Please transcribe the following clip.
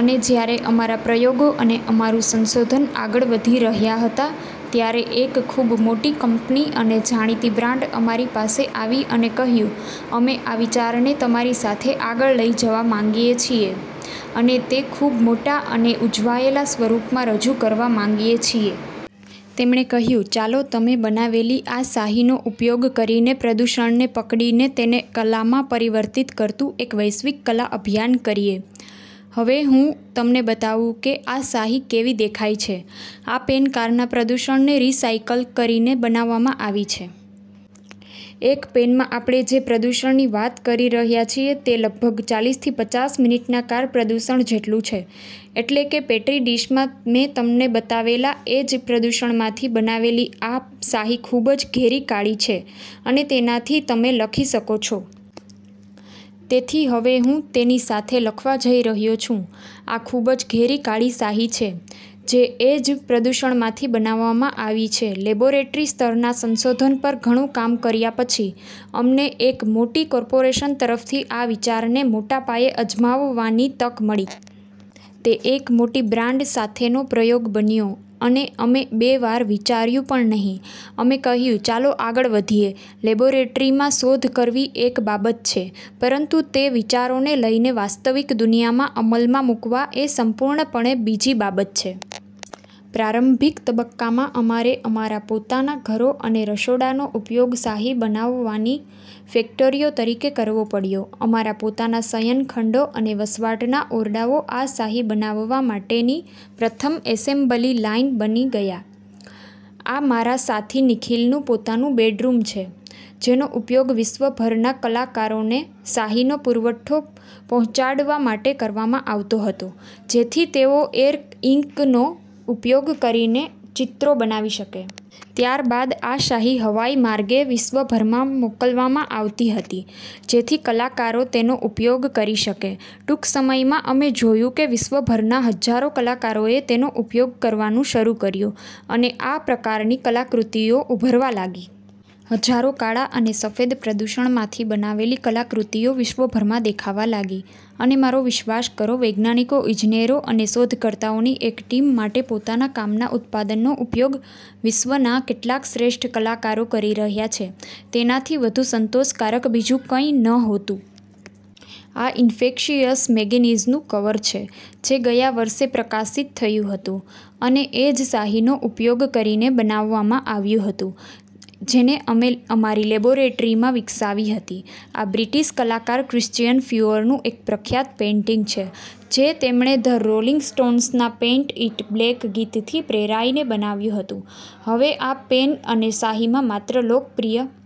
અને જ્યારે અમારા પ્રયોગો અને અમારું સંશોધન આગળ વધી રહ્યાં હતાં, ત્યારે એક ખૂબ મોટી કંપની અને જાણીતી બ્રાન્ડ અમારી પાસે આવી અને કહ્યું, “અમે આ વિચારને તમારી સાથે આગળ લઈ જવા માંગીએ છીએ અને તેને ખૂબ મોટા અને ઉજવાયેલા સ્વરૂપમાં રજૂ કરવા માંગીએ છીએ.” તેમણે કહ્યું, “ચાલો, તમે બનાવેલી આ શાહીનો ઉપયોગ કરીને પ્રદૂષણને પકડીને તેને કલામાં પરિવર્તિત કરતું એક વૈશ્વિક કલા અભિયાન કરીએ.” હવે હું તમને બતાવું કે આ શાહી કેવી દેખાય છે. આ પેન કારના પ્રદૂષણને રિસાયકલ કરીને બનાવવામાં આવી છે. એક પેનમાં આપણે જે પ્રદૂષણની વાત કરી રહ્યા છીએ તે લગભગ ચાલીસથી પચાસ મિનિટના કાર પ્રદૂષણ જેટલું છે, એટલે કે પેટ્રી ડિશમાં મેં તમને બતાવેલા એ જ પ્રદૂષણમાંથી બનાવેલી છે. આ શાહી ખૂબ જ ઘેરી કાળી છે અને તેનાથી તમે લખી શકો છો. તેથી હવે હું તેની સાથે લખવા જઈ રહ્યો છું. આ ખૂબ જ ઘેરી કાળી શાહી છે, જે એ જ પ્રદૂષણમાંથી બનાવવામાં આવી છે. લેબોરેટરી સ્તરના સંશોધન પર ઘણું કામ કર્યા પછી, અમને એક મોટી કોર્પોરેશન તરફથી આ વિચારને મોટા પાયે અજમાવવાની તક મળી. તે એક મોટી બ્રાન્ડ સાથેનો પ્રયોગ બન્યો અને અમે બે વાર વિચાર્યું પણ નહીં. અમે કહ્યું, “ચાલો, આગળ વધીએ.” લેબોરેટરીમાં શોધ કરવી એક બાબત છે, પરંતુ તે વિચારોને લઈને વાસ્તવિક દુનિયામાં અમલમાં મૂકવા એ સંપૂર્ણપણે બીજી બાબત છે. પ્રારંભિક તબક્કામાં, અમારે અમારા પોતાના ઘરો અને રસોડાંનો ઉપયોગ શાહી બનાવવાની ફેક્ટરીઓ તરીકે કરવો પડ્યો. અમારા પોતાના શયનખંડો અને વસવાટના ઓરડાઓ આ શાહી બનાવવા માટેની પ્રથમ એસેમ્બલી લાઇન બની ગયા. આ મારા સાથી નિખિલનું પોતાનું બેડરૂમ છે, જેનો ઉપયોગ વિશ્વભરના કલાકારોને શાહીનો પુરવઠો પહોંચાડવા માટે કરવામાં આવતો હતો, જેથી તેઓ એર-ઇંકનો ઉપયોગ કરીને ચિત્રો બનાવી શકે. ત્યારબાદ આ શાહી હવાઈ માર્ગે વિશ્વભરમાં મોકલવામાં આવતી હતી, જેથી કલાકારો તેનો ઉપયોગ કરી શકે. ટૂંક સમયમાં, અમે જોયું કે વિશ્વભરના હજારો કલાકારોએ તેનો ઉપયોગ કરવાનું શરૂ કર્યું અને આ પ્રકારની કલાકૃતિઓ ઉભરવા લાગી. હજારો કાળા અને સફેદ, પ્રદૂષણમાંથી બનાવેલી કલાકૃતિઓ વિશ્વભરમાં દેખાવા લાગી. અને મારો વિશ્વાસ કરો, વૈજ્ઞાનિકો, ઇજનેરો અને શોધકર્તાઓની એક ટીમ માટે પોતાના કામના ઉત્પાદનનો ઉપયોગ વિશ્વના કેટલાક શ્રેષ્ઠ કલાકારો કરી રહ્યા છે તેનાથી વધુ સંતોષકારક બીજું કંઈ નહોતું. આ “ઇન્ફેક્શિયસ” મેગેઝિનનું કવર છે, જે ગયા વર્ષે પ્રકાશિત થયું હતું અને એ જ શાહીનો ઉપયોગ કરીને બનાવવામાં આવ્યું હતું, જેને અમે અમારી લેબોરેટરીમાં વિકસાવી હતી. આ બ્રિટિશ કલાકાર ક્રિશ્ચિયન ફ્યુરનું એક પ્રખ્યાત પેઇન્ટિંગ છે, જે તેમણે ધ રોલિંગ સ્ટોન્સના “પેઇન્ટ ઇટ બ્લેક” ગીતથી પ્રેરાઈને બનાવ્યું હતું. હવે, આ પેન અને આ શાહીમાં માત્ર લોકપ્રિય...